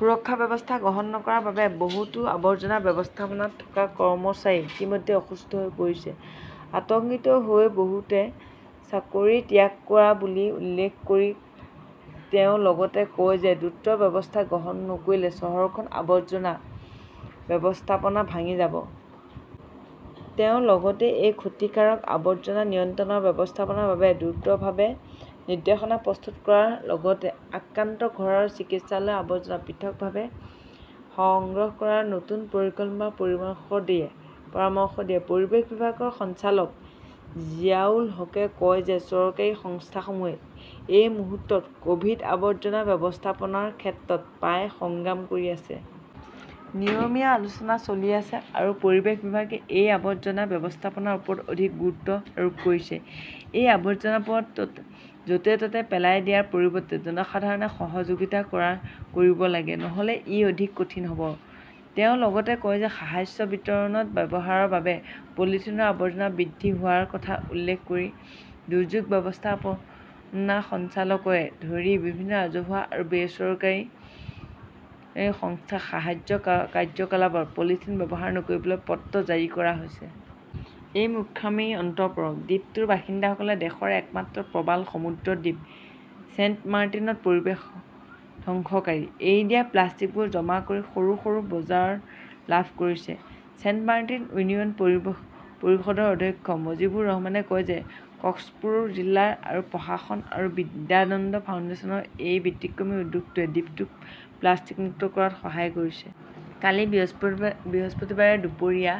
সুৰক্ষা ব্যৱস্থা গ্ৰহণ নকৰাৰ বাবে বহুতো আৱৰ্জনা ব্যৱস্থাপনাত থকা কৰ্মচাৰী ইতিমধ্যে অসুস্থ হৈ পৰিছে। আতংকিত হৈ বহুতে চাকৰি ত্যাগ কৰা বুলি উল্লেখ কৰি তেওঁ লগতে কয় যে দ্ৰুত ব্যৱস্থা গ্ৰহণ নকৰিলে চহৰখনৰ আৱৰ্জনা ব্যৱস্থাপনা ভাঙি যাব। তেওঁ লগতে এই ক্ষতিকাৰক আৱৰ্জনা নিয়ন্ত্ৰণ আৰু ব্যৱস্থাপনাৰ বাবে দ্ৰুতভাৱে নিৰ্দেশনা প্ৰস্তুত কৰাৰ লগতে আক্ৰান্ত ঘৰ আৰু চিকিৎসালয়ৰ আৱৰ্জনা পৃথকভাৱে সংগ্ৰহ কৰাৰ নতুন পৰিকল্পনাৰ পৰামৰ্শ দিয়ে। পৰিৱেশ বিভাগৰ সঞ্চালক জিয়াউল হুকে কয় যে চৰকাৰী সংস্থাসমূহে এই মুহূৰ্তত ক'ভিড আৱৰ্জনা ব্যৱস্থাপনাৰ ক্ষেত্ৰত প্ৰায়ে সংগ্ৰাম কৰি আছে। নিয়মীয়া আলোচনা চলি আছে আৰু পৰিৱেশ বিভাগে এই আৱৰ্জনা ব্যৱস্থাপনাৰ ওপৰত অধিক গুৰুত্ব আৰোপ কৰিছে। এই আৱৰ্জনাবোৰ য'তে ত'তে পেলাই দিয়াৰ পৰিৱৰ্তে জনসাধাৰণে সহযোগিতা কৰিব লাগিব। নহ'লে ই অধিক কঠিন হ'ব। তেওঁ লগতে কয় যে সাহায্য বিতৰণত ব্যৱহাৰৰ বাবে পলিথিনৰ আৱৰ্জনা বৃদ্ধি হোৱাৰ কথা উল্লেখ কৰি দুৰ্যোগ ব্যৱস্থাপনা সঞ্চালকালয়কে ধৰি বিভিন্ন ৰাজহুৱা আৰু বেচৰকাৰী সংস্থাক সাহায্য কাৰ্যকলাপত পলিথিন ব্যৱহাৰ নকৰিবলৈ পত্ৰ জাৰি কৰা হৈছে। এই মূৰ্খামিৰ অন্ত পৰক। দ্বীপটোৰ বাসিন্দাসকলে দেশৰ একমাত্ৰ প্ৰবাল সমৃদ্ধ দ্বীপ ছেইণ্টমাৰ্টিনত পৰিৱেশ ধ্বংসকাৰী। এৰি দিয়া প্লাষ্টিকবোৰ জমা কৰি সৰু সৰু বজাৰ লাভ কৰিছে। ছেইণ্টমাৰ্টিন ইউনিয়ন পৰিষদৰ অধ্যক্ষ মুজিবুৰ ৰহমানে কয় যে কক্সপুৰ জিলা প্ৰশাসন আৰু বিদ্যানন্দ ফাউণ্ডেশ্যনৰ এই ব্যতিক্ৰমী উদ্যোগটোৱে দ্বীপটোক প্লাষ্টিক মুক্ত কৰাত সহায় কৰিছে। কালি বৃহস্পতিবাৰে দুপৰীয়া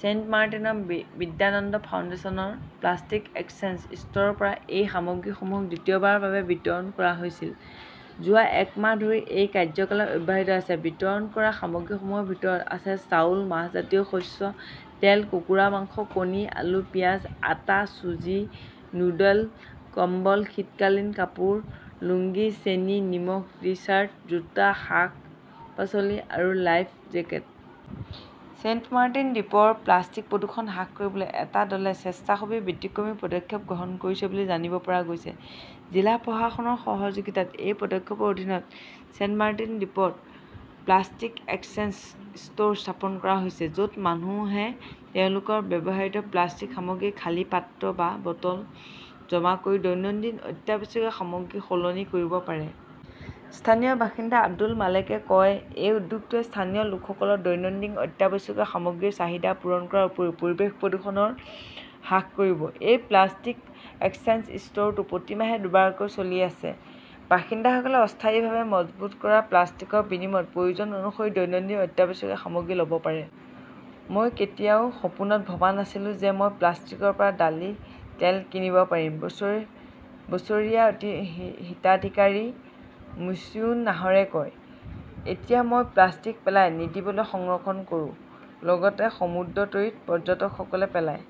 ছেইণ্টমাৰ্টিনৰ বিদ্যানন্দ ফাউণ্ডেশ্যনৰ "প্লাষ্টিক এক্সচেঞ্জ" ষ্ট'ৰৰ পৰা এই সামগ্ৰীসমূহ দ্বিতীয়বাৰৰ বাবে বিতৰণ কৰা হৈছিল। যোৱা এক মাহ ধৰি এই কাৰ্যকলাপ অব্যাহত আছে। বিতৰণ কৰা সামগ্ৰীসমূহৰ ভিতৰত আছে-চাউল, মাহজাতীয় শস্য, তেল, কুকুৰাৰ মাংস, কণী, আলু, পিয়াজ, আটা, চুজি, নুডল, কম্বল, শীতকালীন কাপোৰ, লুঙ্গি, চেনি, নিমখ, টি-চাৰ্ট, জোতা, শাক-পাচলি আৰু লাইফ জেকেট। ছেইণ্টমাৰ্টিন দ্বীপৰ প্লাষ্টিক প্ৰদূষণ হ্ৰাস কৰিবলৈ এটা দলে স্বেচ্ছাসেৱী ব্যতিক্ৰমী পদক্ষেপ গ্ৰহণ কৰিছে বুলি জানিব পৰা গৈছে। জিলা প্ৰশাসনৰ সহযোগিতাত এই পদক্ষেপৰ অধীনত ছেইণ্টমাৰ্টিন দ্বীপত প্লাষ্টিক এক্সচেঞ্জ ষ্ট'ৰ স্থাপন কৰা হৈছে, য'ত মানুহে তেওঁলোকৰ ব্যৱহৃত প্লাষ্টিক সামগ্ৰীৰ খালী পাত্ৰ বা বটল জমা কৰি দৈনন্দিন অত্যাৱশ্যকীয় সামগ্ৰী সলনি কৰিব পাৰে। স্থানীয় বাসিন্দা আব্দুল মালেকে কয়, "এই উদ্যোগটোৱে স্থানীয় লোকসকলৰ দৈনন্দিন অত্যাৱশ্যকীয় সামগ্ৰীৰ চাহিদা পূৰণ কৰাৰ উপৰিও পৰিৱেশৰ প্ৰদূষণ হ্ৰাস কৰিব"। এই প্লাষ্টিক এক্সচেঞ্জ ষ্ট'ৰটো প্ৰতি মাহে দুবাৰকৈ চলি আছে। বাসিন্দাসকলে অস্থায়ীভাৱে মজুত কৰা প্লাষ্টিকৰ বিনিময়ত প্ৰয়োজন অনুসৰি দৈনন্দিন অত্যাৱশ্যকীয় সামগ্ৰী ল'ব পাৰে। "মই কেতিয়াও সপোনত ভবা নাছিলো যে মই প্লাষ্টিকৰ পৰা ডালি তেল কিনিব পাৰিম", বছৰীয়া হিতাধিকাৰী মুছুউন নাহৰে কয়। এতিয়া মই প্লাষ্টিক পেলাই নিদিবলৈ সংৰক্ষণ কৰোঁ। লগতে সমুদ্ৰতীৰত পৰ্যটকসকলে পেলাই